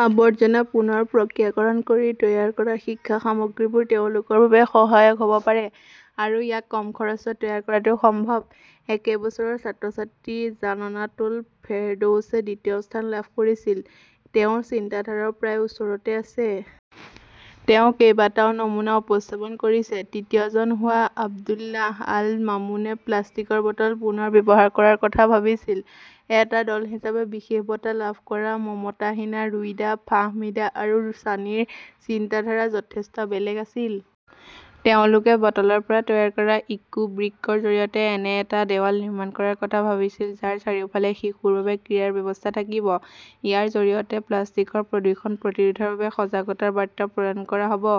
আৱৰ্জনা পুনৰ প্ৰক্ৰিয়াকৰণ কৰি তৈয়াৰ কৰা শিক্ষা সামগ্ৰীবোৰ তেওঁলোকৰ বাবে সহায়ক হ 'ব পাৰে আৰু ইয়াক কম খৰচত তৈয়াৰ কৰাটো সম্ভৱ। একে বছৰৰ ছাত্ৰ-ছাত্ৰী জাননাতুল ফেৰদৌছে দ্বিতীয় স্থান লাভ কৰিছিল। তেওঁৰ চিন্তাধাৰাও প্ৰায় ওচৰতে আছে। তেওঁ কেইবাটাও নমুনা উপস্থাপন কৰিছে। তৃতীয়জন হোৱা আব্দুল্লাহ আল মামুনে প্লাষ্টিকৰ বটল পুনৰ ব্যৱহাৰ কৰাৰ কথা ভাবিছিল। এটা দল হিচাপে বিশেষ বঁটা লাভ কৰা মমতাহিনা, ৰুইদা, ফাহমিদা আৰু ছানীৰ চিন্তাধাৰা যথেষ্ট বেলেগ আছিল। তেওঁলোকে বটলৰ পৰা তৈয়াৰ কৰা ইকো-ব্ৰিকৰ জৰিয়তে এনে এটা দেৱাল নিৰ্মাণ কৰাৰ কথা ভাবিছিল যাৰ চাৰিওফালে শিশুৰ বাবে ক্ৰীড়াৰ ব্যৱস্থা থাকিব। ইয়াৰ জৰিয়তে প্লাষ্টিকৰ প্ৰদূষণ প্ৰতিৰোধৰ বাবে সজাগতাৰ বাৰ্তা প্ৰদান কৰা হ "ব।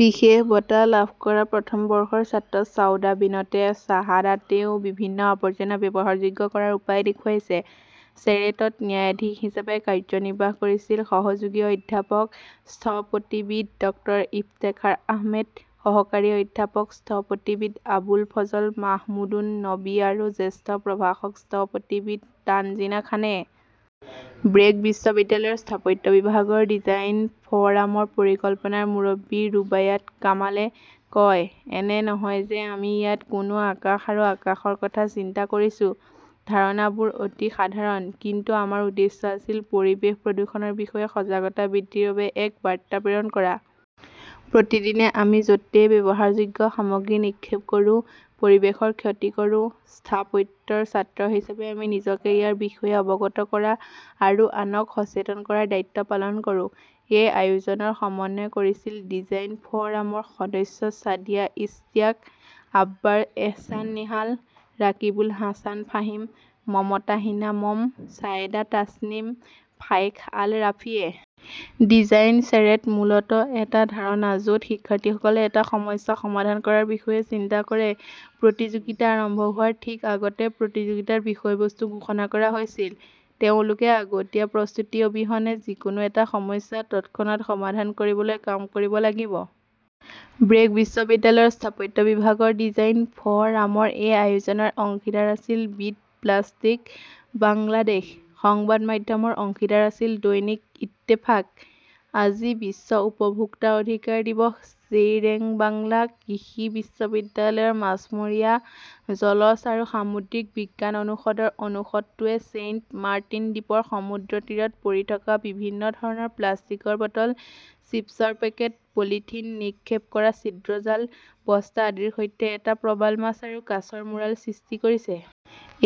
বিশেষ বঁটা লাভ কৰা প্ৰথম বৰ্ষৰ ছাত্ৰ ছাউদা বিনতে শ্বাহাদাতেও বিভিন্ন আৱৰ্জনা ব্যৱহাৰযোগ্য কৰাৰ উপায় দেখুৱাইছে। শ্বেৰেটত ন্যায়াধীশ হিচাপে কাৰ্যনিৰ্বাহ কৰিছিল সহযোগী অধ্যাপক স্থপতিবিদ ড ইফতেখাৰ আহমেদ, সহকাৰী অধ্যাপক স্থপতিবিদ আবুল ফজল মাহমুদুন নবী আৰু জ্যেষ্ঠ প্ৰভাষক স্থপতিবিদ তানজিনা খানে। ব্ৰেক বিশ্ববিদ্যালয়ৰ স্থাপত্য বিভাগৰ ডিজাইন ফ "ৰামৰ পৰিকল্পনাৰ মুৰব্বী ৰুবায়াত কামালে কয়," এনে নহয় যে আমি ইয়াত কোনো আকাশ আৰু আকাশৰ কথা চিন্তা কৰিছো। " ধাৰণাবোৰ অতি সাধাৰণ। কিন্তু আমাৰ উদ্দেশ্য আছিল পৰিৱেশ প্ৰদূষণৰ বিষয়ে সজাগতা বৃদ্ধিৰ বাবে এক বাৰ্তা প্ৰেৰণ কৰা। প্ৰতিদিনে আমি য 'তেই ব্যৱহাৰযোগ্য সামগ্ৰী নিক্ষেপ কৰোঁ, পৰিৱেশৰ ক্ষতি কৰোঁ। স্থাপত্যৰ ছাত্ৰ হিচাপে আমি নিজকে ইয়াৰ বিষয়ে অৱগত কৰা আৰু আনক সচেতন কৰাৰ দায়িত্ব পালন কৰোঁ। "এই আয়োজনৰ সমন্বয় কৰিছিল ডিজাইন ফ" ৰামৰ সদস্য ছাদিয়া ইশতিয়াক, আব্ৰাৰ এহছান নিহাল, ৰাকিবুল হাছান ফাহিম, মমতাহিনা মম, ছায়েদা তাসনিম, ফায়েখ আল ৰাফিয়ে। ডিজাইন শ্বেৰেট মূলতঃ এটা ধাৰণা য 'ত শিক্ষাৰ্থীসকলে এটা সমস্যা সমাধান কৰাৰ বিষয়ে চিন্তা কৰে। প্ৰতিযোগিতা আৰম্ভ হোৱাৰ ঠিক আগতে প্ৰতিযোগিতাৰ বিষয়বস্তু ঘোষণা কৰা হৈছিল। তেওঁলোকে আগতীয়া প্ৰস্তুতি অবিহনে যিকোনো এটা সমস্যা তৎক্ষণাত সমাধান কৰিবলৈ কাম কৰিব লাগিব। ব্ৰেক বিশ্ববিদ্যালয়ৰ স্থাপত্য বিভাগৰ ডিজাইন ফ "ৰামৰ এই আয়োজনৰ অংশীদাৰ আছিল বিট প্লাষ্টিক বাংলাদেশ। সংবাদ মাধ্যমৰ অংশীদাৰ আছিল দৈনিক ইত্তেফাক। আজি বিশ্ব উপভোক্তা অধিকাৰ দিৱস ছেইৰেবাংলা কৃষি বিশ্ববিদ্যালয়ৰ মাছমৰীয়া, জলজ আৰু সামুদ্ৰিক বিজ্ঞান অনুষদৰ অনুষদটোৱে ছেইণ্ট মাৰ্টিন দ্বীপৰ সমুদ্ৰতীৰত পৰি থকা বিভিন্ন ধৰণৰ প্লাষ্টিকৰ বটল, চিপছৰ পেকেট, পলিথিন, নিক্ষেপ কৰা ছিদ্ৰ জাল, বস্তা আদিৰ সৈতে এটা প্ৰবাল মাছ আৰু কাছৰ মূৰাল সৃষ্টি কৰিছে।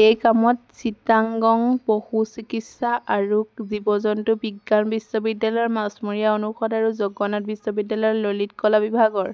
এই কামত চিটাগং পশুচিকিৎসা আৰু জীৱ-জন্তু বিজ্ঞান বিশ্ববিদ্যালয়ৰ মাছমৰীয়া অনুষদ আৰু জগন্নাথ বিশ্ববিদ্যালয়ৰ ললিত কলা বিভাগৰ